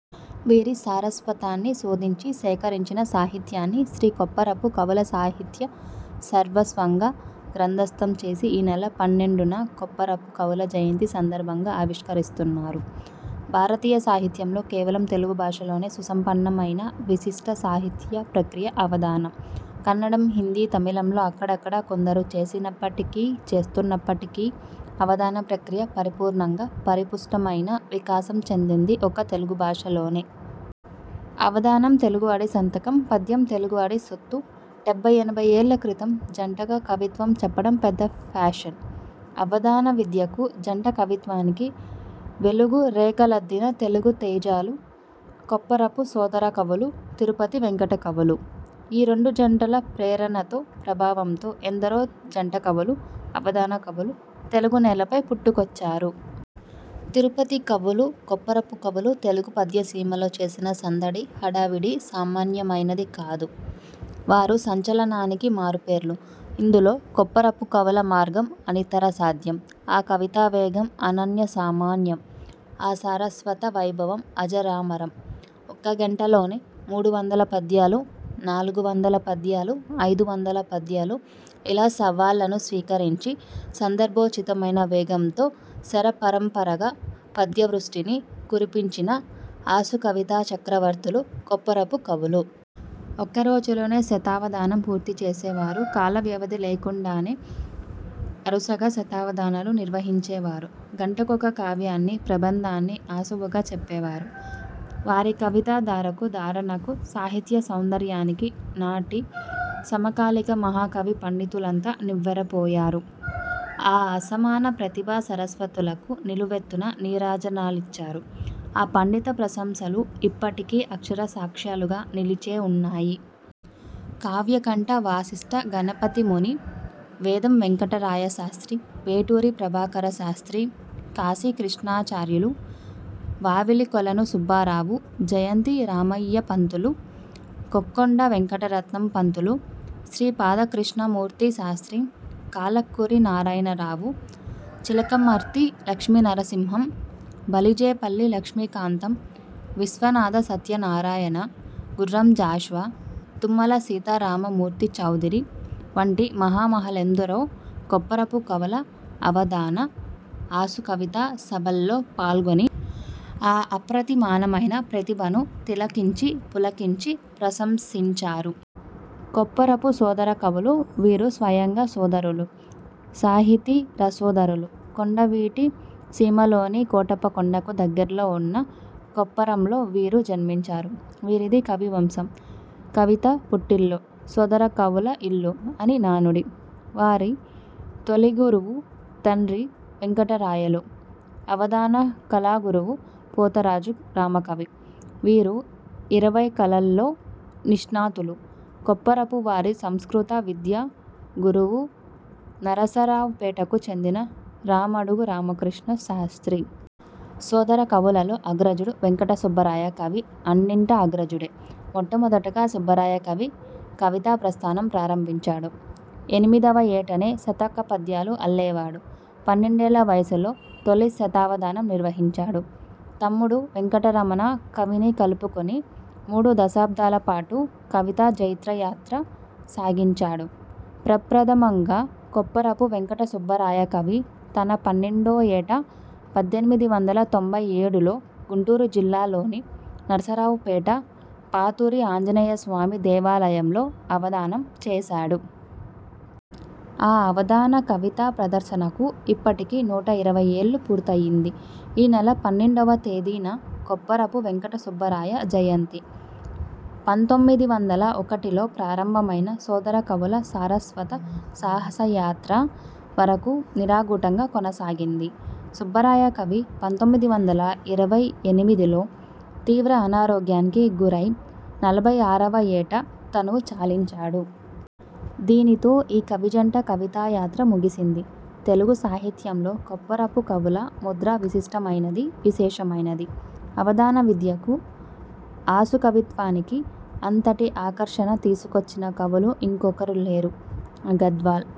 వీరి సారస్వతాన్ని శోధించి, సేకరించిన సాహిత్యాన్ని 'శ్రీ కొప్పరపు కవుల సాహిత్య సర్వస్వం'గా గ్రంథస్తం చేసి ఈ నెల పన్నెండున కొప్పరపు కవుల జయంతి సందర్భంగా ఆవిష్కరిస్తున్నారు. భారతీయ సాహిత్యంలో, కేవలం తెలుగు భాషలోనే సుసంపన్నమైన విశిష్ట సాహిత్య ప్రక్రియ 'అవధానం'. కన్నడం, హిందీ, తమిళంలో అక్కడక్కడా కొందరు చేసినప్పటికీ, చేస్తున్నప్పటికీ 'అవధాన ప్రక్రియ' పరిపూర్ణంగా, పరిపుష్టమైన వికాసం చెందింది ఒక్క తెలుగు భాషలోనే! అవధానం తెలుగువాడి సంతకం పద్యం తెలుగువాడి సొత్తుడెబ్బై, ఎనభై ఏళ్ళ క్రితం జంటగా కవిత్వం చెప్పడం పెద్ద ఫ్యాషన్! అవధాన విద్యకు, జంట కవిత్వానికి వెలుగు రేఖలద్దిన తెలుగు తేజాలు కొప్పరపు సోదరకవులు, తిరుపతి వెంకటకవులు. ఈ రెండు జంటల ప్రేరణతో, ప్రభావంతో ఎందరో జంటకవులు, అవధాన కవులు తెలుగు నేలపై పుట్టుకొచ్చారు. తిరుపతి కవులు, కొప్పరపు కవులు తెలుగు పద్యసీమలో చేసిన సందడి, హడావిడి సామాన్యమైనది కాదు. వారు సంచలనానికి మారుపేర్లు. ఇందులో కొప్పరపు కవుల మార్గం అనితరసాధ్యం. ఆ కవితావేగం అనన్యసామాన్యం. ఆ సారస్వత వైభవం అజరామరం. ఒక్క గంటలోనే మూడు వందల పద్యాలు నాలుగు వందల పద్యాలు ఐదు వందల పద్యాలు ఇలాసవాళ్ళను స్వీకరించి, సందర్భోచితమైన వేగంతో శరపరంపరగా పద్యవృష్టిని కురిపించిన 'ఆశుకవితా చక్రవర్తులు' కొప్పరపు కవులు. ఒక్కరోజులోనే శతావధానం పూర్తిచేసేవారు. కాల వ్యవధి లేకుండానే వరుసగా శతావధానాలు నిర్వహించేవారు. గంటకొక కావ్యాన్ని, ప్రబంధాన్ని ఆశువుగా చెప్పేవారు. వారి కవితా ధారకు, ధారణకు, సాహిత్య సౌందర్యానికి నాటి సమకాలిక మహాకవి పండితులంతా నివ్వెరపోయారు. ఆ అసమాన ప్రతిభా సరస్వతులకు నిలువెత్తున నీరాజనాలిచ్చారు. ఆ పండిత ప్రశంసలు ఇప్పటికీ అక్షర సాక్ష్యాలుగా నిలిచే ఉన్నాయి. కావ్యకంఠ వాసిష్ఠ గణపతిముని, వేదం వేంకటరాయ శాస్త్రి, వేటూరి ప్రభాకర శాస్త్రి, కాశీ కృష్ణాచార్యులు, వావిలికొలను సుబ్బారావు, జయంతి రామయ్యపంతులు, కొక్కొండ వెంకటరత్నం పంతులు, శ్రీపాదకృష్ణమూర్తి శాస్త్రి, కాళ్ళకూరి నారాయణరావు, చిలకమర్తి లక్ష్మీనర్సింహాం, బలిజేపల్లి లక్ష్మీకాంతం, విశ్వనాథ సత్యనారాయణ, గుర్రంజాషువా, తుమ్మల సీతారామమూర్తి చౌదరి వంటి మహామహులెందరో కొప్పరపు కవుల అవధాన, ఆశుకవితా సభల్లో పాల్గొని, ఆ అప్రతిమానమైన ప్రతిభను తిలకించి పులకించి ప్రశంసించారు. కొప్పరపు సోదరకవులు. వీరు స్వయంగా సోదరులు, సాహితీ రసోదరులు. కొండవీటి సీమలోని కోటప్పకొండకు దగ్గరలో ఉన్న కొప్పరంలో వీరు జన్మించారు. వీరిది కవివంశం. 'కవిత పుట్టిల్లు సోదరకవుల ఇల్లు' అని నానుడి. వారి తొలిగురువు తండ్రి వేంకటరాయలు అవధాన కళాగురువు పోతరాజు రామకవి. వీరు ఇరవై కళల్లో నిష్ణాతులు కొప్పరపు వారి సంస్కృత విద్యా గురువు నరసరావుపేటకు చెందిన రామడుగు రామకృష్ణ శాస్త్రి. సోదర కవులలో అగ్రజుడు వేంకటసుబ్బరాయకవి అన్నింటా అగ్రజుడే. మొట్టమొదటగా సుబ్బరాయకవి కవితా ప్రస్థానం ప్రారంభించాడు. ఎనిమిదవ ఏటనే శతకపద్యాలు అల్లేవాడు. పన్నెండేళ్ళ వయసులో తొలిశతావధానం నిర్వహించాడు. తమ్ముడు వేంకట రమణ కవిని కలుపుకొని మూడు దశాబ్దాల పాటు కవితా జైత్రయాత్ర సాగించాడు. ప్రప్రథమంగా కొప్పరపు వేంకటసుబ్బరాయ కవి తన పన్నెండో ఏట పద్దెనిమిది వందల తొంభై ఏడులో గుంటూరు జిల్లాలోని నరసరావుపేట పాతూరి ఆంజనేయస్వామి దేవాలయంలో అవధానం చేసాడు. ఆ అవధాన కవితా ప్రదర్శనకు ఇప్పటికి నూట ఇరవై ఏళ్ళు పూర్తయింది. ఈ నెల పన్నెండువ తేదీన కొప్పరపు వేంకటసుబ్బరాయ జయంతి. పంతొమ్మిది వందల ఒకటిలో ప్రారంభమైన సోదరకవుల సారస్వత సాహసయాత్ర వరకు నిరాఘాటంగా కొనసాగింది. సుబ్బరాయ కవి పంతొమ్మిది వందల ఇరవై ఎనిమిదిలో తీవ్ర అనారోగ్యానికి గురై నలభై ఆరువ ఏట తనువు చాలించాడు. దీనితో ఈ కవిజంట కవితాయాత్ర ముగిసింది. తెలుగు సాహిత్యంలో కొప్పరపుకవుల ముద్ర విశిష్టమైనది, విశేషమైనది. అవధాన విద్యకు, ఆశుకవిత్వానికి అంతటి ఆకర్షణ తీసుకువచ్చిన కవులు ఇంకొకరు లేరు. గద్వాల్